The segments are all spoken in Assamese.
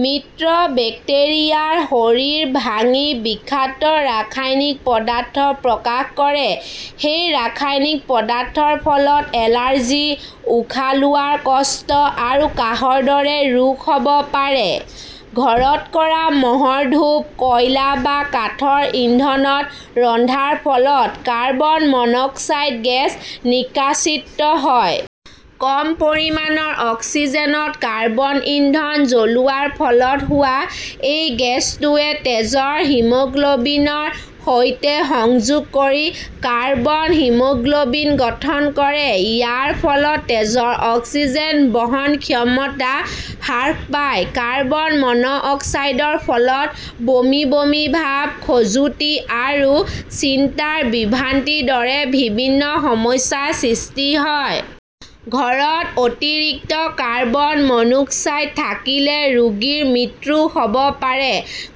মৃত বেক্টেৰিয়াৰ শৰীৰ ভাঙি বিষাক্ত ৰাসায়নিক পদাৰ্থ প্ৰকাশ কৰে। সেই ৰাসায়নিক পদাৰ্থৰ ফলত এলাৰ্জি, উশাহ লোৱাৰ কষ্ট আৰু কাহৰ দৰে ৰোগ হ'ব পাৰে। ঘৰত কৰা মহৰ ধূপ, কয়লা বা কাঠৰ ইন্ধনত ৰন্ধাৰ ফলত কাৰ্বন মনোক্সাইড গেছ নিষ্কাশিত হয়। কম পৰিমাণৰ অক্সিজেনত কাৰ্বন ইন্ধন জ্বলোৱাৰ ফলত হোৱা এই গেছটোৱে তেজৰ হিমোগ্লোবিনৰ সৈতে সংযোগ কৰি কাৰ্বক্সিহিমোগ্লোবিন গঠন কৰে। ইয়াৰ ফলত তেজৰ অক্সিজেন বহন ক্ষমতা হ্ৰাস পায়। কাৰ্বন মন অক্সাইডৰ ফলত বমি বমি ভাব, খজুৱতি আৰু চিন্তাৰ বিভ্ৰান্তিৰ দৰে বিভিন্ন সমস্যাৰ সৃষ্টি হয়। ঘৰত অতিৰিক্ত কাৰ্বন মনোক্সাইড থাকিলে ৰোগীৰ মৃত্যুও হ'ব পাৰে।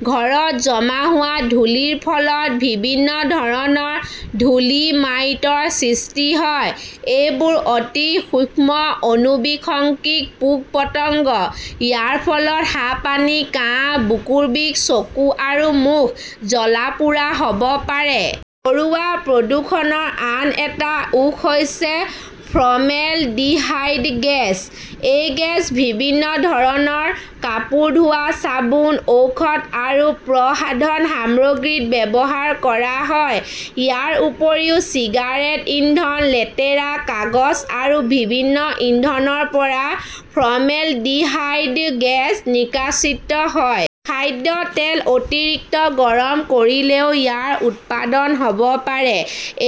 ঘৰত জমা হোৱা ধূলিৰ ফলত বিভিন্ন ধৰণৰ ধূলি মাইটৰ সৃষ্টি হয়। এইবোৰ অতি সূক্ষ্ম অণুবীক্ষণিক পোক-পতংগ। ইয়াৰ ফলত হাঁপানি, কাহ, বুকুৰ বিষ, চকু আৰু মুখ জ্বলা-পোৰা হ'ব পাৰে। ঘৰুৱা প্ৰদূষণৰ আন এটা উৎস হৈছে ফৰ্মেলডিহাইড গেছ। এই গেছ বিভিন্ন ধৰণৰ কাপোৰ ধোৱা চাবোন, ঔষধ আৰু প্ৰসাধন সামগ্ৰীত ব্যৱহাৰ কৰা হয়। ইয়াৰ উপৰিও চিগাৰেট ইন্ধন, লেতেৰা কাগজ আৰু বিভিন্ন ইন্ধনৰ পৰা ফৰ্মেলডিহাইড গেছ নিষ্কাশিত হয়। খাদ্য তেল অতিৰিক্ত গৰম কৰিলেও ইয়াৰ উৎপাদন হ'ব পাৰে।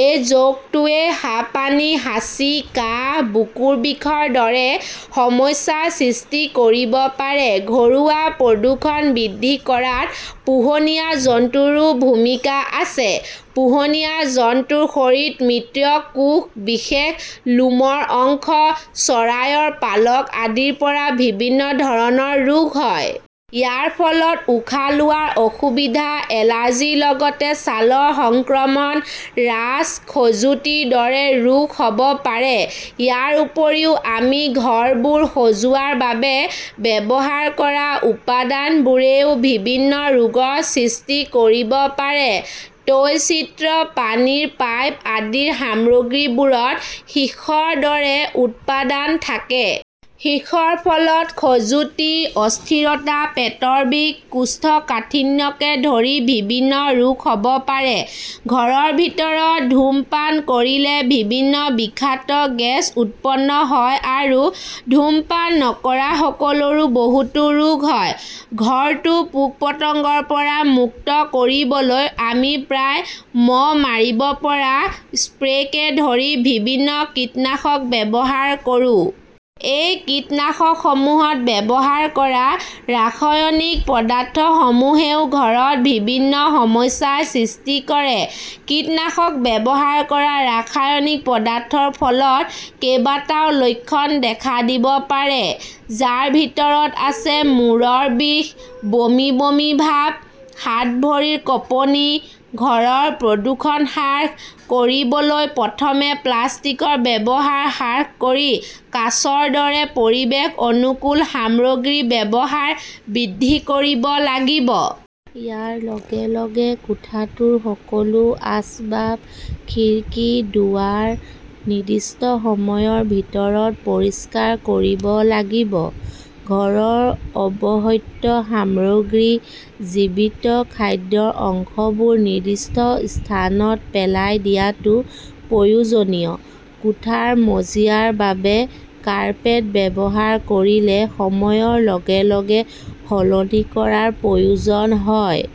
এই যৌগটোৱে হাঁপানি, হাঁচি, কাহ, বুকুৰ বিষৰ দৰে সমস্যাৰ সৃষ্টি কৰিব পাৰে। ঘৰুৱা প্ৰদূষণ বৃদ্ধি কৰাত পোহনীয়া জন্তুৰো ভূমিকা আছে। পোহনীয়া জন্তুৰ শৰীৰৰ মৃত কোষ, বিশেষ লোমৰ অংশ, চৰাইৰ পালক আদিৰ পৰা বিভিন্ন ধৰণৰ ৰোগ হয়। ইয়াৰ ফলত উশাহ লোৱাৰ অসুবিধা, এলাৰ্জিৰ লগতে ছালৰ সংক্ৰমণ, ৰাছ, খজুৱতিৰ দৰে ৰোগ হ'ব পাৰে। ইয়াৰ উপৰিও আমি ঘৰবোৰ সজোৱাৰ বাবে ব্যৱহাৰ কৰা উপাদানবোৰেও বিভিন্ন ৰোগৰ সৃষ্টি কৰিব পাৰে। তৈলচিত্ৰ, পানীৰ পাইপ আদিৰ সামগ্ৰীবোৰত সীহৰ দৰে উপাদান থাকে। সীহৰ ফলত খজুৱতি, অস্থিৰতা, পেটৰ বিষ, কোষ্ঠকাঠিন্যকে ধৰি বিভিন্ন ৰোগ হ'ব পাৰে। ঘৰৰ ভিতৰত ধূমপান কৰিলে বিভিন্ন বিষাক্ত গেছ উৎপন্ন হয় আৰু ধূমপান নকৰাসকলৰো বহুতো ৰোগ হয়। ঘৰটো পোক-পতংগৰ পৰা মুক্ত কৰিবলৈ আমি প্ৰায়ে মহ মাৰিব পৰা স্প্ৰেকে ধৰি বিভিন্ন কীটনাশক ব্যৱহাৰ কৰো। এই কীটনাশকসমূহত ব্যৱহাৰ কৰা ৰাসায়নিক পদাৰ্থসমূহেও ঘৰত বিভিন্ন সমস্যাৰ সৃষ্টি কৰে। কীটনাশক ব্যৱহাৰ কৰা ৰাসায়নিক পদাৰ্থৰ ফলত কেইবাটাও লক্ষণ দেখা দিব পাৰে, যাৰ ভিতৰত আছে মূৰৰ বিষ, বমি বমি ভাব, হাত-ভৰিৰ কঁপনি। ঘৰৰ প্ৰদূষণ হ্ৰাস কৰিবলৈ প্ৰথমে প্লাষ্টিকৰ ব্যৱহাৰ হ্ৰাস কৰি কাঁচৰ দৰে পৰিৱেশ অনুকূল সামগ্ৰীৰ ব্যৱহাৰ বৃদ্ধি কৰিব লাগিব। ইয়াৰ লগে - লগে কোঠাটোৰ সকলো আচবাব, খিৰিকী, দুৱাৰ নিৰ্দিষ্ট সময়ৰ ভিতৰত পৰিষ্কাৰ কৰিব লাগিব। ঘৰৰ অব্যৱহৃত সামগ্ৰী, জীৱিত খাদ্যৰ অংশবোৰ নিৰ্দিষ্ট স্থানত পেলাই দিয়াটো প্ৰয়োজনীয়। কোঠাৰ মজিয়াৰ বাবে কাৰ্পেট ব্যৱহাৰ কৰিলে সময়ৰ লগে - লগে সলনি কৰাৰ প্ৰয়োজন হয়।